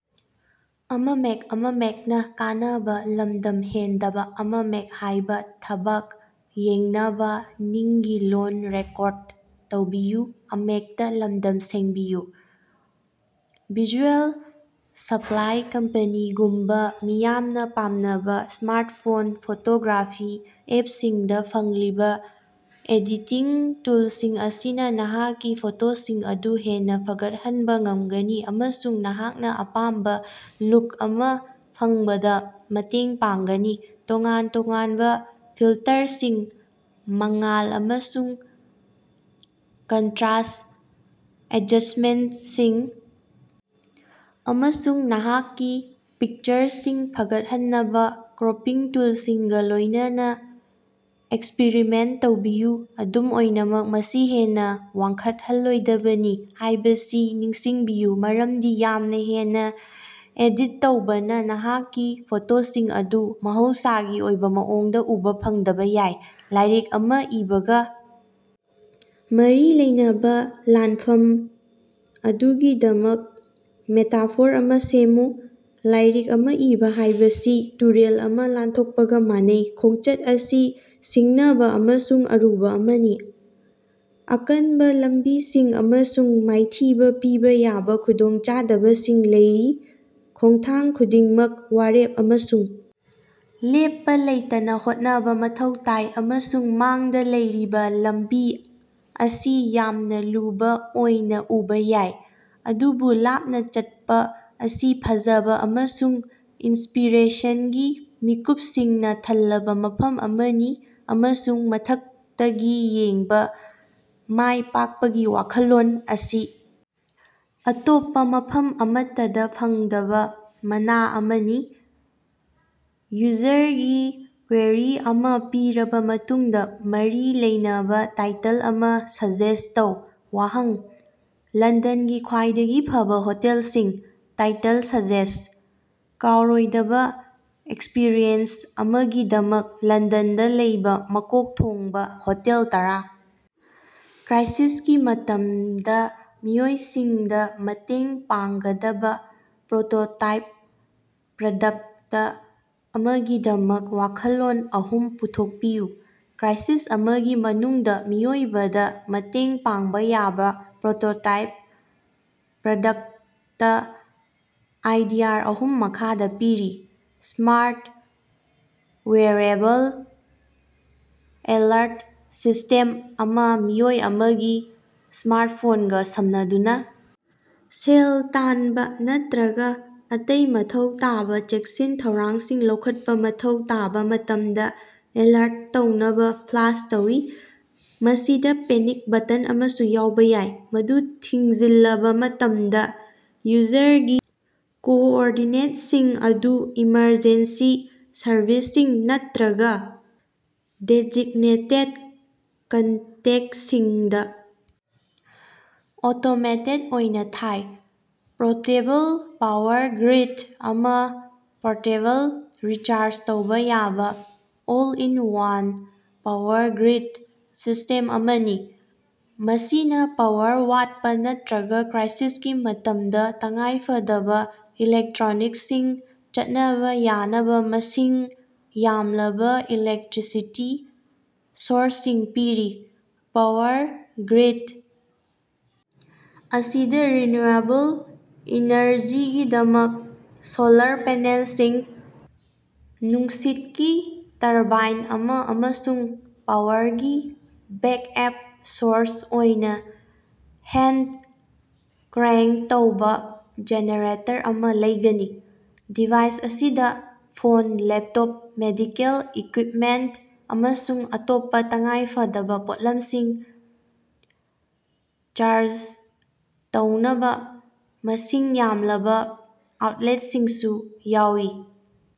Visual Supply Company ꯒꯨꯝꯕ ꯃꯤꯌꯥꯝꯅ ꯄꯥꯝꯅꯕ ꯁ꯭ꯃꯥꯔꯠꯐꯣꯟ ꯐꯣꯇꯣꯒ꯭ꯔꯥꯐꯤ ꯑꯦꯞꯁꯤꯡꯗ ꯐꯪꯂꯤꯕ ꯑꯦꯗꯤꯇꯤꯡ ꯇꯨꯜꯁꯤꯡ ꯑꯁꯤꯅ ꯅꯍꯥꯛꯀꯤ ꯐꯣꯇꯣꯁꯤꯡ ꯑꯗꯨ ꯍꯦꯟꯅ ꯐꯒꯠꯍꯟꯕ ꯉꯝꯒꯅꯤ ꯑꯃꯁꯨꯡ ꯅꯍꯥꯛꯅ ꯑꯄꯥꯝꯕ ꯂꯨꯛ ꯑꯃ ꯐꯪꯕꯗ ꯃꯇꯦꯡ ꯄꯥꯡꯒꯅꯤ꯫ ꯇꯣꯉꯥꯟ-ꯇꯣꯉꯥꯟꯕ ꯐꯤꯜꯇꯔꯁꯤꯡ, ꯃꯉꯥꯜ ꯑꯃꯁꯨꯡ ꯀꯟꯇ꯭ꯔꯥꯁꯠ ꯑꯦꯗꯖꯁꯠꯃꯦꯟꯇꯁꯤꯡ, ꯑꯃꯁꯨꯡ ꯅꯍꯥꯛꯀꯤ ꯄꯤꯛꯆꯔꯁꯤꯡ ꯐꯒꯠꯍꯟꯅꯕ ꯀ꯭ꯔꯣꯄꯤꯡ ꯇꯨꯜꯁꯤꯡꯒ ꯂꯣꯏꯅꯅ ꯑꯦꯛꯁꯄꯤꯔꯤꯃꯦꯟꯇ ꯇꯧꯕꯤꯌꯨ꯫ ꯑꯗꯨꯝ ꯑꯣꯏꯅꯃꯛ, ꯃꯁꯤ ꯍꯦꯟꯅ ꯋꯥꯡꯈꯠꯍꯜꯂꯣꯏꯗꯕꯅꯤ ꯍꯥꯏꯕꯁꯤ ꯅꯤꯡꯁꯤꯡꯕꯤꯌꯨ ꯃꯔꯝꯗꯤ ꯌꯥꯝꯅ ꯍꯦꯟꯅ ꯑꯦꯗꯤꯠ ꯇꯧꯕꯅ ꯅꯍꯥꯛꯀꯤ ꯐꯣꯇꯣꯁꯤꯡ ꯑꯗꯨ ꯃꯍꯧꯁꯒꯤ ꯑꯣꯏꯕ ꯃꯑꯣꯡꯗ ꯎꯕ ꯐꯪꯗꯕ ꯌꯥꯏ꯫ ꯂꯥꯏꯔꯤꯛ ꯑꯃ ꯏꯕꯒ ꯃꯔꯤ ꯂꯩꯅꯕ ꯂꯥꯟꯐꯝ ꯑꯗꯨꯒꯤꯗꯃꯛ ꯃꯦꯇꯥꯐꯣꯔ ꯑꯃ ꯁꯦꯝꯃꯨ꯫ ꯂꯥꯏꯔꯤꯛ ꯑꯃ ꯏꯕ ꯍꯥꯏꯕꯁꯤ ꯇꯨꯔꯦꯜ ꯑꯃ ꯂꯥꯟꯊꯣꯛꯄꯒ ꯃꯥꯟꯅꯩ꯫ ꯈꯣꯡꯆꯠ ꯑꯁꯤ ꯁꯤꯡꯅꯕ ꯑꯃꯁꯨꯡ ꯑꯔꯨꯕ ꯑꯃꯅꯤ꯫ ꯑꯀꯟꯕ ꯂꯝꯕꯤꯁꯤꯡ ꯑꯃꯁꯨꯡ ꯃꯥꯏꯊꯤꯕ ꯄꯤꯕ ꯌꯥꯕ ꯈꯨꯗꯣꯡꯆꯥꯗꯕꯁꯤꯡ ꯂꯩꯔꯤ꯫ ꯈꯣꯡꯊꯥꯡ ꯈꯨꯗꯤꯡꯃꯛ ꯋꯥꯔꯦꯞ ꯑꯃꯁꯨꯡ ꯂꯦꯞꯄ ꯂꯩꯇꯅ ꯍꯣꯠꯅꯕ ꯃꯊꯧ ꯇꯥꯏ ꯑꯃꯁꯨꯡ ꯃꯥꯡꯗ ꯂꯩꯔꯤꯕ ꯂꯝꯕꯤ ꯑꯁꯤ ꯌꯥꯝꯅ ꯂꯨꯕ ꯑꯣꯏꯅ ꯎꯕ ꯌꯥꯏ꯫ ꯑꯗꯨꯕꯨ ꯂꯥꯞꯅ ꯆꯠꯄ ꯑꯁꯤ ꯐꯖꯕ ꯑꯃꯁꯨꯡ ꯏꯟꯁꯄꯤꯔꯦꯁꯟꯒꯤ ꯃꯤꯀꯨꯞꯁꯤꯡꯅ ꯊꯜꯂꯕ ꯃꯐꯝ ꯑꯃꯅꯤ ꯑꯃꯁꯨꯡ ꯃꯊꯛꯇꯒꯤ ꯌꯦꯡꯕ, ꯃꯥꯏ ꯄꯥꯛꯄꯒꯤ ꯋꯥꯈꯜꯂꯣꯟ ꯑꯁꯤ ꯑꯇꯣꯞꯄ ꯃꯐꯝ ꯑꯃꯠꯇꯗ ꯐꯪꯗꯕ ꯃꯅꯥ ꯑꯃꯅꯤ꯫ ꯌꯨꯖꯔꯒꯤ ꯀ꯭ꯋꯦꯔꯤ ꯑꯃ ꯄꯤꯔꯕ ꯃꯇꯨꯡꯗ ꯃꯔꯤ ꯂꯩꯅꯕ ꯇꯥꯏꯇꯜ ꯑꯃ ꯁꯖꯦꯁ꯭ꯠ ꯇꯧ꯫ ꯋꯥꯍꯪ: ꯂꯟꯗꯟꯒꯤ ꯈ꯭ꯋꯥꯏꯗꯒꯤ ꯐꯕ ꯍꯣꯇꯦꯜꯁꯤꯡ꯫ ꯇꯥꯏꯇꯜ ꯁꯖꯦꯁꯟ: "ꯀꯥꯎꯔꯣꯏꯗꯕ ꯑꯦꯛꯁꯄꯤꯔꯤꯌꯦꯟꯁ ꯑꯃꯒꯤꯗꯃꯛ ꯂꯟꯗꯟꯗ ꯂꯩꯕ ꯃꯀꯣꯛ ꯊꯣꯡꯕ ꯍꯣꯇꯦꯜ ꯇꯔꯥ"꯫ ꯀ꯭ꯔꯥꯏꯁꯤꯁꯀꯤ ꯃꯇꯝꯗ ꯃꯤꯑꯣꯏꯁꯤꯡꯗ ꯃꯇꯦꯡ ꯄꯥꯡꯒꯗꯕ ꯄ꯭ꯔꯣꯇꯣꯇꯥꯏꯞ ꯄ꯭ꯔꯗꯛꯇ ꯑꯃꯒꯤꯗꯃꯛ ꯋꯥꯈꯜꯂꯣꯟ ꯑꯍꯨꯝ ꯄꯨꯊꯣꯛꯄꯤꯌꯨ꯫ ꯀ꯭ꯔꯥꯏꯁꯤꯁ ꯑꯃꯒꯤ ꯃꯅꯨꯡꯗ ꯃꯤꯑꯣꯏꯕꯗ ꯃꯇꯦꯡ ꯄꯥꯡꯕ ꯌꯥꯕ ꯄ꯭ꯔꯣꯇꯣꯇꯥꯏꯞ ꯄ꯭ꯔꯗꯛꯇ ꯑꯥꯏꯗꯤꯌꯥ ꯑꯍꯨꯝ ꯃꯈꯥꯗ ꯄꯤꯔꯤ: ꯁ꯭ꯃꯥꯔꯠ ꯋꯦꯌꯔꯑꯦꯕꯜ ꯑꯦꯂꯔꯠ ꯁꯤꯁ꯭ꯇꯦꯝ ꯑꯃ ꯃꯤꯑꯣꯏ ꯑꯃꯒꯤ ꯁ꯭ꯃꯥꯔꯠꯐꯣꯟꯒ ꯁꯝꯅꯗꯨꯅ ꯁꯦꯜ ꯇꯥꯟꯕ ꯅꯠꯇ꯭ꯔꯒ ꯑꯇꯩ ꯃꯊꯧ ꯇꯥꯕ ꯆꯦꯛꯁꯤꯟ ꯊꯧꯔꯥꯡꯁꯤꯡ ꯂꯧꯈꯠꯄ ꯃꯊꯧ ꯇꯥꯕ ꯃꯇꯝꯗ ꯑꯦꯂꯔꯠ ꯇꯧꯅꯕ ꯐ꯭ꯂꯥꯁ ꯇꯧꯏ꯫ ꯃꯁꯤꯗ ꯄꯦꯅꯤꯛ ꯕꯇꯟ ꯑꯃꯁꯨ ꯌꯥꯎꯕ ꯌꯥꯏ, ꯃꯗꯨ ꯊꯤꯡꯖꯤꯜꯂꯕ ꯃꯇꯝꯗ, ꯌꯨꯖꯔꯒꯤ ꯀꯣꯑꯣꯔꯗꯤꯅꯦꯠꯁꯤꯡ ꯑꯗꯨ ꯏꯃꯔꯖꯦꯟꯁꯤ ꯁꯔꯚꯤꯁꯁꯤꯡ ꯅꯠꯇ꯭ꯔꯒ ꯗꯦꯖꯤꯒꯅꯦꯇꯦꯗ ꯀꯟꯇꯦꯛꯇꯁꯤꯡꯗ ꯑꯣꯇꯣꯃꯦꯇꯦꯗ ꯑꯣꯏꯅ ꯊꯥꯏ꯫ ꯄꯣꯔꯇꯦꯕꯜ ꯄꯥꯋꯔ ꯒ꯭ꯔꯤꯗ ꯑꯃ ꯄꯣꯔꯇꯦꯕꯜ, ꯔꯤꯆꯥꯔꯖ ꯇꯧꯕ ꯌꯥꯕ, ꯑꯣꯜ-ꯏꯟ-ꯋꯥꯟ ꯄꯥꯋꯔ ꯒ꯭ꯔꯤꯗ ꯁꯤꯁ꯭ꯇꯦꯝ ꯑꯃꯅꯤ꯫ ꯃꯁꯤꯅ ꯄꯥꯋꯔ ꯋꯥꯠꯄ ꯅꯠꯇ꯭ꯔꯒ ꯀ꯭ꯔꯥꯏꯁꯤꯁꯀꯤ ꯃꯇꯝꯗ ꯇꯉꯥꯏꯐꯗꯕ ꯏꯂꯦꯛꯇ꯭ꯔꯣꯅꯤꯛꯁꯁꯤꯡ ꯆꯠꯅꯕ ꯌꯥꯅꯕ ꯃꯁꯤꯡ ꯌꯥꯝꯂꯕ ꯏꯂꯦꯛꯇ꯭ꯔꯤꯁꯤꯇꯤ ꯁꯣꯔꯁꯁꯤꯡ ꯄꯤꯔꯤ꯫ ꯄꯥꯋꯔ ꯒ꯭ꯔꯤꯗ ꯑꯁꯤꯗ ꯔꯤꯅ꯭ꯌꯨꯑꯦꯕꯜ ꯏꯅꯔꯖꯤꯒꯤꯗꯃꯛ ꯁꯣꯂꯔ ꯄꯦꯅꯦꯜꯁꯤꯡ, ꯅꯨꯡꯁꯤꯠꯀꯤ ꯇꯔꯕꯥꯏꯟ ꯑꯃ ꯑꯃꯁꯨꯡ ꯄꯥꯋꯔꯒꯤ ꯕꯦꯛꯑꯞ ꯁꯣꯔꯁ ꯑꯣꯏꯅ ꯍꯦꯟꯗ-ꯀ꯭ꯔꯦꯡꯀ ꯇꯧꯕ ꯖꯦꯅꯦꯔꯦꯇꯔ ꯑꯃ ꯂꯩꯒꯅꯤ꯫ ꯗꯤꯚꯥꯏꯁ ꯑꯁꯤꯗ ꯐꯣꯟ, ꯂꯦꯞꯇꯣꯞ, ꯃꯦꯗꯤꯀꯜ ꯏꯀ꯭ꯋꯤꯞꯃꯦꯟꯇ ꯑꯃꯁꯨꯡ ꯑꯇꯣꯞꯄ ꯇꯉꯥꯏ ꯐꯗꯕ ꯄꯣꯠꯂꯝꯁꯤꯡ ꯆꯥꯔꯖ ꯇꯧꯅꯕ ꯃꯁꯤꯡ ꯌꯥꯝꯂꯕ ꯑꯥꯎꯠꯂꯦꯠꯁꯤꯡꯁꯨ ꯌꯥꯎꯋꯤ꯫